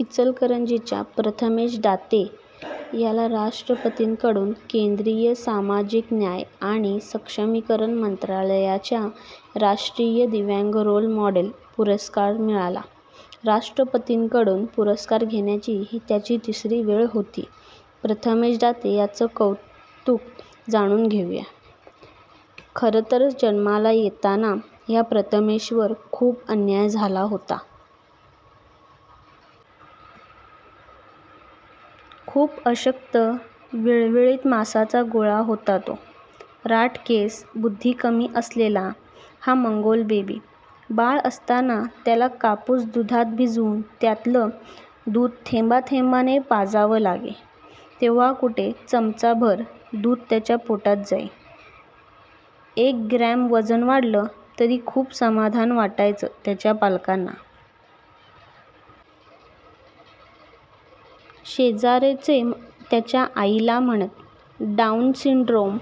इचलकरंजीच्या प्रथमेश दाते याला राष्ट्रपतींकडून केंद्रीय 'सामाजिक न्याय आणि सक्षमीकरण मंत्रालया'चा 'राष्ट्रीय दिव्यांग रोल मॉडेल' पुरस्कार मिळाला. राष्ट्रपतींकडून पुरस्कार घेण्याची ही त्याची तिसरी वेळ होती. प्रथमेश दाते याचं कर्तृत्व जाणून घेऊ या. खरं तर जन्माला येताना ह्या प्रथमेशवर खूप अन्याय झाला होता. खूप अशक्त, विळविळीत मांसाचा गोळा होता तो! राठ केस, बुद्धी कमी असलेला हा मंगोलबेबी. बाळ असताना त्याला कापूस दुधात भिजवून त्यातलं दूध थेंबाथेंबाने पाजावं लागे, तेव्हा कुठे चमचाभर दूध पोटात जाई. एक ग्रॅम वजन वाढलं तरी खूप समाधान वाटायचं त्याच्या पालकांना. शेजारचे त्याच्या आईला म्हणत, 'डाऊन सिंड्रोम,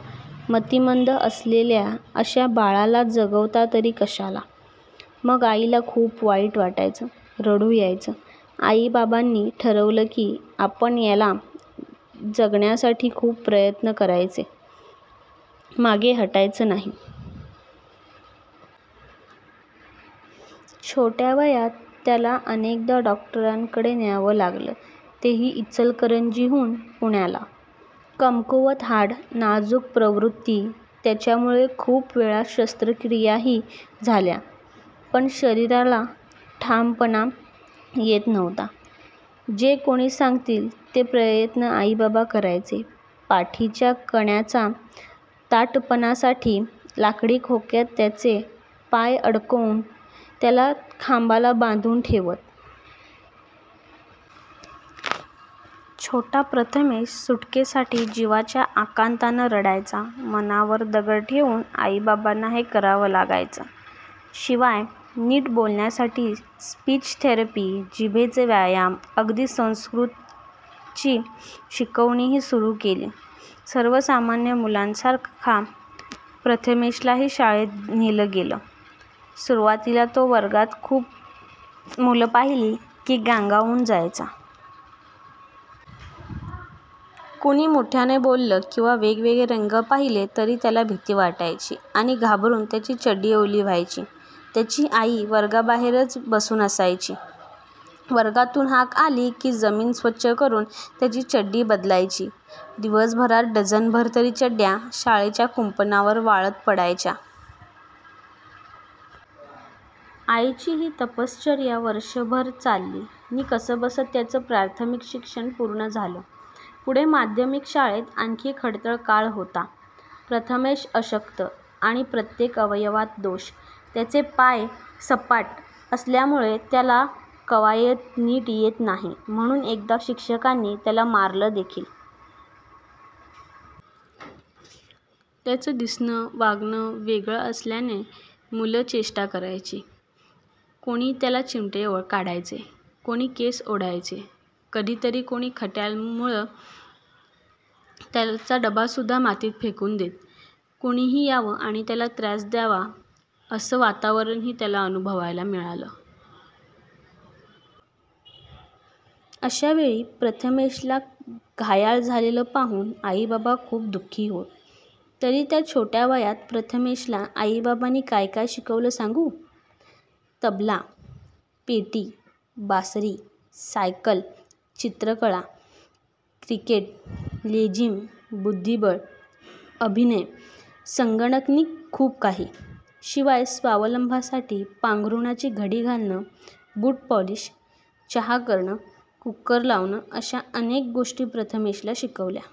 मतिमंद असलेल्या अशा या बाळाला जगवता तरी कशाला? ' मग आईला खूप दुःख वाटायचं, रडू यायचं. आईबाबांनी ठरवलं की आपण याच्या जगण्यासाठी खूप प्रयत्न करायचे, मागे हटायचं नाही. छोट्या वयात त्याला अनेकदा डॉक्टरकडे न्यावं लागलं, तेही इचलकरंजीहून पुण्याला. कमकुवत हाडं, नाजूक प्रकृती त्यामुळे खूप वेळा शस्त्रक्रियाही झाल्या. पण शरीराला ताठपणा येत नव्हता. जे कोणी सांगतील ते प्रयत्न आईबाबा करायचे. पाठीच्या कण्याच्या ताठपणासाठी लाकडी खोक्यात त्याचे पाय अडकवून त्याला खांबाला बांधून ठेवत. छोटा प्रथमेश सुटकेसाठी जिवाच्या आकांतानं रडायचा. मनावर दगड ठेवून आईबाबांना हे करावं लागायचं. शिवाय नीट बोलण्यासाठी स्पीच थेरपी, जिभेचे व्यायाम... अगदी संस्कृतची शिकवणीही सुरू केली. सर्वसामान्य मुलांसारखा प्रथमेशही शाळेत गेला. सुरुवातीला तो वर्गात खूप मुलं पाहिली की गांगरून जायचा. कुणी मोठ्यानं बोललं किंवा वेगवेगळे रंग पाहिले तरी त्याला भीती वाटायची, आणि घाबरून त्याची चड्डी ओली व्हायची. त्याची आई वर्गाबाहेरच बसून राहायची. वर्गातून हाक आली की जमीन स्वच्छ करून त्याची चड्डी बदलायची. दिवसभरात डझनभर तरी चड्ड्या शाळेच्या कुंपणावर वाळत पडायच्या. आईची ही तपश्चर्या वर्षभर चालली नि कसंबसं त्याचं प्राथमिक शिक्षण पूर्ण झालं. पुढे माध्यमिक शाळेत आणखी खडतर काळ होता. प्रथमेश अशक्त आणि प्रत्येक अवयवात दोष, त्याचे पाय सपाट असल्यामुळे त्याला कवायत नीट येत नाही, म्हणून एकदा शिक्षकांनी मारलंदेखील! त्याचं दिसणं, वागणं वेगळं असल्यानं मुलं चेष्टा करायची, कोणी त्याला चिमटे काढायचे, कोणी केस ओढायचे, कधीतरी कोणी खट्याळ मुलं त्याचा डबासुद्धा मातीत फेकून देत. कुणीही यावं आणि याला त्रास द्यावा, असं वातावरणही त्याला अनुभवायला मिळालं. अशा वेळी प्रथमेशला घायाळ झालेलं पाहून आईबाबा खूप दुःखी होत. तरी त्या छोट्या वयात प्रथमेशला आईबाबांनी काय-काय शिकवलं सांगू? तबला, पेटी, बासरी, सायकल, चित्रकला, क्रिकेट, लेझीम, बुद्धिबळ, अभिनय, संगणक नि खूप काही. शिवाय स्वावलंबनासाठी पांघरुणाची घडी घालणं, बूटपॉलिश, चहा करणं, कूकर लावणं अशा अनेक गोष्टी प्रथमेशला शिकवल्या.